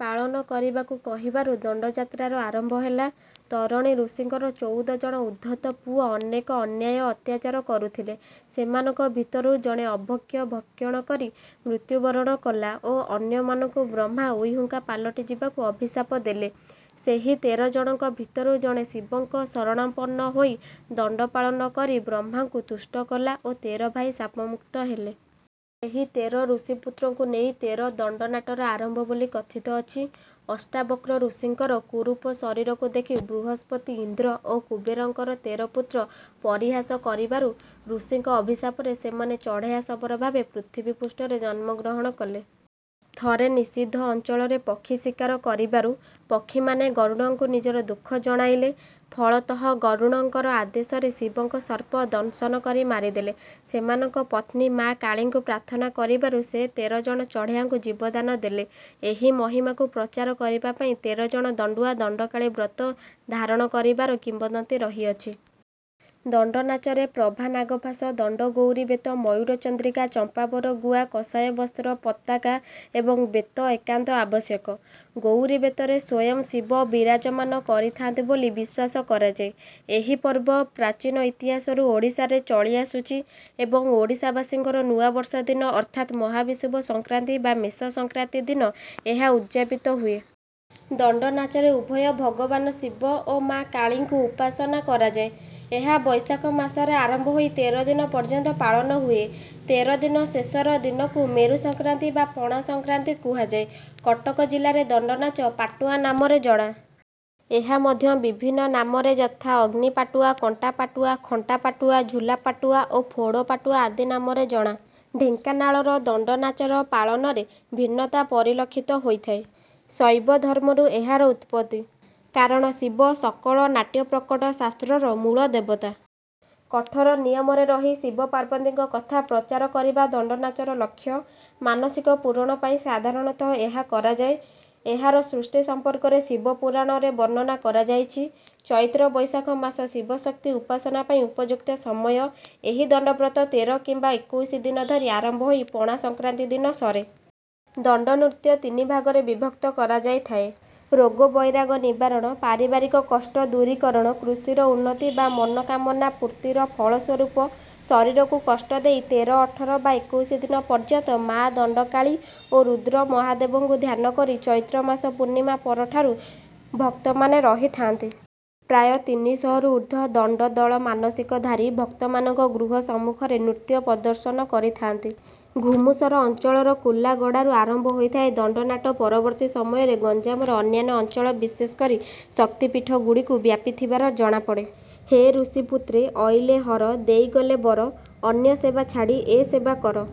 ପାଳନ କରିବାକୁ କହିବାରୁ ଦଣ୍ଡଯାତ୍ରାର ଆରମ୍ଭ ହେଲା। ତରଣୀ ଋଷିଙ୍କର ଚଉଦ ଜଣ ଉଦ୍ଧତ ପୁଅ ଅନେକ ଅନ୍ୟାୟ ଅତ୍ୟାଚାର କରୁଥିଲେ। ସେମାନଙ୍କ ଭିତରୁ ଜଣେ ଅଭକ୍ଷ୍ୟ ଭକ୍ଷଣ କରି ମୃତ୍ୟୁବରଣ କଲା ଓ ଅନ୍ୟମାନଙ୍କୁ ବ୍ରହ୍ମା ଉଇହୁଙ୍କା ପାଲଟି ଯିବାକୁ ଅଭିଶାପ ଦେଲେ। ସେହି ତେର ଜଣଙ୍କ ଭିତରୁ ଜଣେ ଶିବଙ୍କ ଶରଣାପନ୍ନ ହୋଇ ଦଣ୍ଡ ପାଳନ କରି ବ୍ରହ୍ମାଙ୍କୁ ତୁଷ୍ଟ କଲା ଓ ତେର ଭାଇ ଶାପମୁକ୍ତ ହେଲେ। ଏହି ତେର ଋଷିପୁତ୍ରଙ୍କୁ ନେଇ ତେର ଦଣ୍ଡନାଟର ଆରମ୍ଭ ବୋଲି କଥିତ ଅଛି। ଅଷ୍ଟାବକ୍ର ଋଷିଙ୍କର କୁରୂପ ଶରୀରକୁ ଦେଖି ବୃହସ୍ପତି ଇନ୍ଦ୍ର ଓ କୁବେରଙ୍କର ତେର ପୁତ୍ର ପରିହାସ କରିବାରୁ ଋଷିଙ୍କ ଅଭିଶାପରେ ସେମାନେ ଚଢ଼େୟା ଶବର ଭାବେ ପୃଥିବୀ ପୃଷ୍ଠରେ ଜନ୍ମ ଗ୍ରହଣ କଲେ। ଥରେ ନିଷିଦ୍ଧ ଅଞ୍ଚଳରେ ପକ୍ଷୀ ଶିକାର କରିବାରୁ ପକ୍ଷୀମାନେ ଗରୁଡ଼ଙ୍କୁ ନିଜର ଦୁଃଖ ଜଣାଇଲେ। ଫଳତଃ ଗରୁଡ଼ଙ୍କ ଆଦେଶରେ ଶିବଙ୍କର ସର୍ପ ଦଂଶନ କରି ମାରିଦେଲେ। ସେମାନଙ୍କ ପତ୍ନୀ ମାଆ କାଳୀଙ୍କୁ ପ୍ରାର୍ଥନା କରିବାରୁ ସେ ତେର ଜଣ ଚଢ଼େୟାଙ୍କୁ ଜୀବଦାନ ଦେଲେ। ଏହି ମହିମାକୁ ପ୍ରଚାର କରିବା ପାଇଁ ତେର ଜଣ ଦଣ୍ଡୁଆ ଦଣ୍ଡକାଳୀ ବ୍ରତ ଧାରଣ କରିବାର କିମ୍ବଦନ୍ତୀ ରହିଅଛି। ଦଣ୍ଡନାଚରେ ପ୍ରଭା ନାଗ ଫାସ ଦଣ୍ଡ ଗୌରୀବେତ ମୟୂରଚନ୍ଦ୍ରିକା ଚମ୍ପାବର ଗୁଆ କଷାୟବସ୍ତ୍ର ପତାକା ଏବଂ ବେତ ଏକାନ୍ତ ଆବଶ୍ୟକ। ଗୌରୀବେତରେ ସ୍ୱୟଂ ଶିବ ବିରାଜମାନ କରିଥାନ୍ତି ବୋଲି ବିଶ୍ୱାସ କରାଯାଏ। ଏହି ପର୍ବ ପ୍ରାଚୀନ ଇତିହାସରୁ ଓଡ଼ିଶାରେ ଚଳି ଆସୁଛି ଏବଂ ଓଡ଼ିଶାବାସୀଙ୍କର ନୂଆ ବର୍ଷ ଦିନ ଅର୍ଥାତ୍ ମହାବିଷୁବ ସଂକ୍ରାନ୍ତି ବା ମେଷ ସଂକ୍ରାନ୍ତି ଦିନ ଏହା ଉଦଯାପିତ ହୁଏ। ଦଣ୍ଡନାଚରେ ଉଭୟ ଭଗବାନ ଶିବ ଓ ମାଆ କାଳୀଙ୍କୁ ଉପାସନା କରାଯାଏ। ଏହା ବୈଶାଖ ମାସରେ ଆରମ୍ଭ ହୋଇ ତେର ଦିନ ପର୍ଯ୍ୟନ୍ତ ପାଳନ ହୁଏ। ତେର ଦିନ ଶେଷର ଦିନକୁ ମେରୁ ସଂକ୍ରାନ୍ତି ବା ପଣା ସଂକ୍ରାନ୍ତି କୁହାଯାଏ। କଟକ ଜିଲ୍ଲାରେ ଦଣ୍ଡନାଚ ପାଟୁଆ ନାମରେ ଜଣା। ଏହା ମଧ୍ୟ ବିଭିନ୍ନ ନାମରେ ଯଥା ଅଗ୍ନି ପାଟୁଆ କଣ୍ଟାପାଟୁଆ ଖଣ୍ଡା ପାଟୁଆ ଝୁଲା ପାଟୁଆ ଓ ଫୋଡ଼ ପାଟୁଆ ଆଦି ନାମରେ ଜଣା। ଢେଙ୍କାନାଳର ଦଣ୍ଡନାଚର ପାଳନରେ ଭିନ୍ନତା ପରିଲକ୍ଷିତ ହୋଇଥାଏ। ଶୈବ ଧର୍ମରୁ ଏହାର ଉତ୍ପତ୍ତି। କାରଣ ଶିବ ସକଳ ନାଟ୍ୟପ୍ରକଟ ଶାସ୍ତ୍ରର ମୂଳ ଦେବତା। କଠୋର ନିୟମରେ ରହି ଶିବ ପାର୍ବତୀଙ୍କ କଥା ପ୍ରଚାର କରିବା ଦଣ୍ଡନାଚର ଲକ୍ଷ୍ୟ। ମାନସିକ ପୂରଣ ପାଇଁ ସାଧାରଣତଃ ଏହା କରାଯାଏ। ଏହାର ସୃଷ୍ଟି ସମ୍ପର୍କରେ ଶିବ ପୁରାଣରେ ବର୍ଣ୍ଣନା କରାଯାଇଛି। ଚୈତ୍ର ବୈଶାଖ ମାସ ଶିବଶକ୍ତି ଉପାସନା ପାଇଁ ଉପଯୁକ୍ତ ସମୟ। ଏହି ଦଣ୍ଡବ୍ରତ ତେର କିମ୍ବା ଏକୋଇଶି ଦିନ ଧରି ଆରମ୍ଭ ହୋଇ ପଣା ସଂକ୍ରାନ୍ତି ଦିନ ସରେ। ଦଣ୍ଡନୃତ୍ୟ ତିନି ଭାଗରେ ବିଭକ୍ତ କରାଯାଇଥାଏ। ରୋଗବଇରାଗ ନିବାରଣ ପାରିବାରିକ କଷ୍ଟ ଦୂରୀକରଣ କୃଷିର ଉନ୍ନତି ବା ମନୋକାମନା ପୂର୍ତ୍ତିର ଫଳ ସ୍ୱରୂପ ଶରୀରକୁ କଷ୍ଟ ଦେଇ ତେର ଅଠର ବା ଏକୋଇଶି ଦିନ ପର୍ଯ୍ୟନ୍ତ ମାଆ ଦଣ୍ଡକାଳୀ ଓ ରୁଦ୍ର ମହାଦେବଙ୍କୁ ଧ୍ୟାନ କରି ଚୈତ୍ରମାସ ପୂର୍ଣ୍ଣିମା ପରଠାରୁ ଭକ୍ତମାନେ ରହିଥାନ୍ତି। ପ୍ରାୟ ତିନିଶହରୁ ଊର୍ଦ୍ଧ୍ୱ ଦଣ୍ଡଦଳ ମାନସିକଧାରୀ ଭକ୍ତମାନଙ୍କ ଗୃହ ସମ୍ମୁଖରେ ନୃତ୍ୟ ପ୍ରଦର୍ଶନ କରିଥାନ୍ତି। ଘୁମୁସର ଅଞ୍ଚଳର କୁଲାଗଡ଼ାରୁ ଆରମ୍ଭ ହୋଇଥିବା ଦଣ୍ଡନାଟ ପରବର୍ତ୍ତୀ ସମୟରେ ଗଞ୍ଜାମର ଅନ୍ୟାନ୍ୟ ଅଞ୍ଚଳ ବିଶେଷ କରି ଶକ୍ତିପୀଠଗୁଡ଼ିକୁ ବ୍ୟାପିଥିବାର ଜଣାପଡ଼େ। ହେ ଋଷିପୁତ୍ରେ ଅଇଲେ ହର ଦେଇଗଲେ ବର ଅନ୍ୟ ସେବା ଛାଡ଼ି ଏ ସେବା କର